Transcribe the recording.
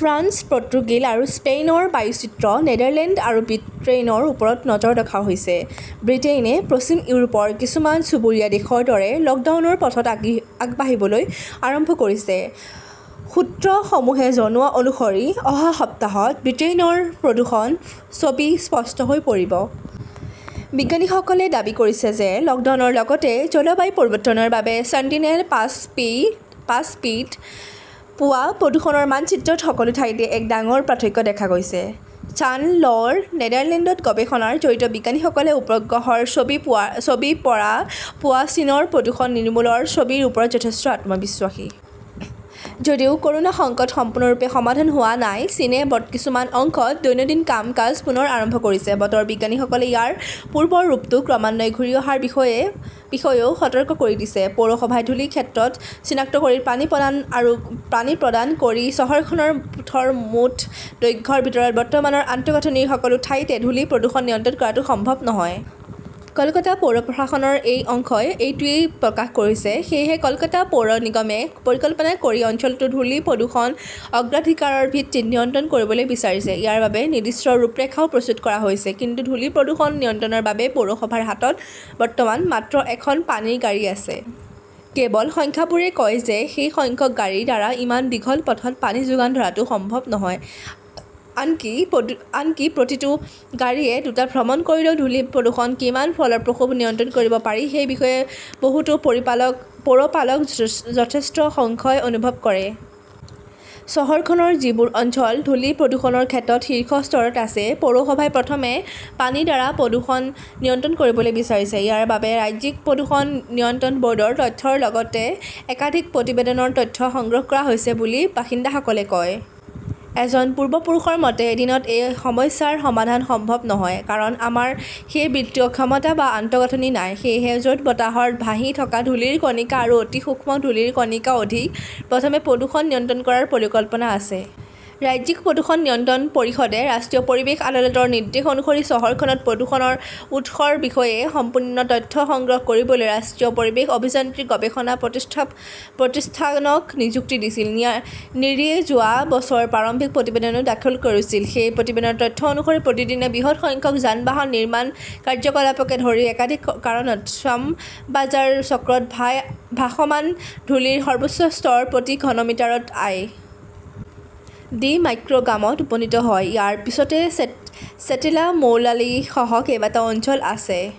France, Portugal আৰু স্পেইনৰ বায়ুচিত্ৰ, নেদাৰলেণ্ড আৰু ব্ৰিটেইনৰ ওপৰতো নজৰ ৰখা হৈছে। ব্ৰিটেইনে পশ্চিম ইউৰোপৰ কিছুমান চুবুৰীয়া দেশৰ দৰে লকডাউনৰ পথত আগবাঢ়িবলৈ আৰম্ভ কৰিছে। সূত্ৰসমূহে জনোৱা অনুসৰি অহা সপ্তাহত ব্ৰিটেইনৰ প্ৰদূষণ-ছবি স্পষ্ট হৈ পৰিব। বিজ্ঞানীসকলে দাবী কৰিছে যে লকডাউনৰ লগতে জলবায়ু পৰিৱৰ্তনৰ বাবে ছেণ্টিনেল-পাঁচ পি-ত পোৱা প্ৰদূষণৰ মানচিত্ৰত সকলো ঠাইতে এক ডাঙৰ পাৰ্থক্য দেখা গৈছে। ছান 'ল নেদাৰলেণ্ডৰ গৱেষণাত জড়িত বিজ্ঞানীসকলে উপগ্ৰহৰ ছবিৰ পৰা পোৱা চীনৰ প্ৰদূষণ নিৰ্মূলৰ ছবিৰ ওপৰত যথেষ্ট আত্মবিশ্বাসী। যদিও কৰোনা সংকট সম্পূৰ্ণৰূপে সমাধান হোৱা নাই, চীনে কিছুমান অংশত দৈনন্দিন কাম-কাজ পুনৰ আৰম্ভ কৰিছে। বতৰ বিজ্ঞানীসকলে ইয়াৰ পূৰ্বৰ ৰূপটো ক্ৰমান্বয়ে ঘূৰি অহাৰ বিষয়েও সতৰ্ক কৰি দিছে। পৌৰসভাই ধূলি-ক্ষেত্ৰ চিনাক্ত কৰি পানী প্ৰদান কৰিব চহৰখনৰ পথৰ মুঠ দৈৰ্ঘ্যৰ ভিতৰত, বৰ্তমানৰ আন্তঃগাঁথনিৰ সকলো ঠাইতে ধূলি প্ৰদূষণ নিয়ন্ত্ৰণ কৰাটো সম্ভৱ নহয়। কলকাতা পৌৰ প্ৰশাসনৰ এটা অংশই এইটোৱেই প্ৰকাশ কৰিছে। সেয়েহে কলকাতা পৌৰ নিগমে পৰিকল্পনা কৰি অঞ্চলটোৰ ধূলি-প্ৰদূষণ অগ্ৰাধিকাৰৰ ভিত্তিত নিয়ন্ত্ৰণ কৰিবলৈ বিচাৰিছে। ইয়াৰ বাবে নিৰ্দিষ্ট ৰূপৰেখাও প্ৰস্তুত কৰা হৈছে। কিন্তু ধূলি-প্ৰদূষণ নিয়ন্ত্ৰণৰ বাবে পৌৰসভাৰ হাতত বৰ্তমান মাত্ৰ এখন পানীৰ গাড়ী আছে। কেৱল সংখ্যাবোৰে কয় যে সেই সংখ্যক গাড়ীৰ দ্বাৰা ইমান দীঘল পথত পানী যোগান ধৰাটো সম্ভৱ নহয়। আনকি প্ৰতিটো গাড়ীয়ে দুটা ভ্ৰমণ কৰিলেও ধূলি-প্ৰদূষণ কিমান ফলপ্ৰসূভাৱে নিয়ন্ত্ৰণ কৰিব পাৰি সেই বিষয়ে বহুতো পৌৰপালক যথেষ্ট সংশয় অনুভৱ কৰে। চহৰখনৰ যিবোৰ অঞ্চল ধূলি-প্ৰদূষণৰ ক্ষেত্ৰত শীৰ্ষ স্তৰত আছে, পৌৰসভাই প্ৰথমে পানীৰ দ্বাৰা প্ৰদূষণ নিয়ন্ত্ৰণ কৰিবলৈ বিচাৰিছে। ইয়াৰ বাবে ৰাজ্যিক প্ৰদূষণ নিয়ন্ত্ৰণ বৰ্ডৰ তথ্যৰ লগতে একাধিক প্ৰতিবেদনৰ তথ্য সংগ্ৰহ কৰা হৈছে বুলি বাসিন্দাসকলে কয়। এজন পূৰ্বপুৰুষৰ মতে, এদিনত এই সমস্যাৰ সমাধান সম্ভৱ নহয়। কাৰণ, আমাৰ সেই বিত্তীয় ক্ষমতা বা আন্তঃগাঁথনি নাই। সেয়েহে য'ত বতাহত ভাহি থকা ধূলিৰ কণিকা আৰু অতি সূক্ষ্ম ধূলিৰ কণিকা অধিক, প্ৰথমে প্ৰদূষণ নিয়ন্ত্ৰণ কৰাৰ পৰিকল্পনা আছে। ৰাজ্যিক প্ৰদূষণ নিয়ন্ত্ৰণ পৰিষদে ৰাষ্ট্ৰীয় পৰিৱেশ আদালতৰ নিৰ্দেশ অনুসৰি চহৰখনত প্ৰদূষণৰ উৎসৰ বিষয়ে সম্পূৰ্ণ তথ্য সংগ্ৰহ কৰিবলৈ ৰাষ্ট্ৰীয় পৰিৱেশ অভিযান্ত্ৰিক গৱেষণা প্ৰতিষ্ঠানক নিযুক্তি দিছিল। নিৰীয়ে যোৱা বছৰ প্ৰাৰম্ভিক প্ৰতিবেদনও দাখিল কৰিছিল। সেই প্ৰতিবেদনৰ তথ্য অনুসৰি, প্ৰতিদিনে বৃহৎ সংখ্যক যান-বাহন, নিৰ্মাণ কাৰ্যকলাপকে ধৰি একাধিক কাৰণত শ্যামবাজাৰ চক্ৰত ভাসমান ধূলিৰ সৰ্বোচ্চ স্তৰ প্ৰতি ঘনমিটাৰত আই. ডি. মাইক্ৰ গ্ৰামত উপনীত হয়। ইয়াৰ পিছতে চেটলা, মৌলালী সহ কেইবাটাও অঞ্চল আছে।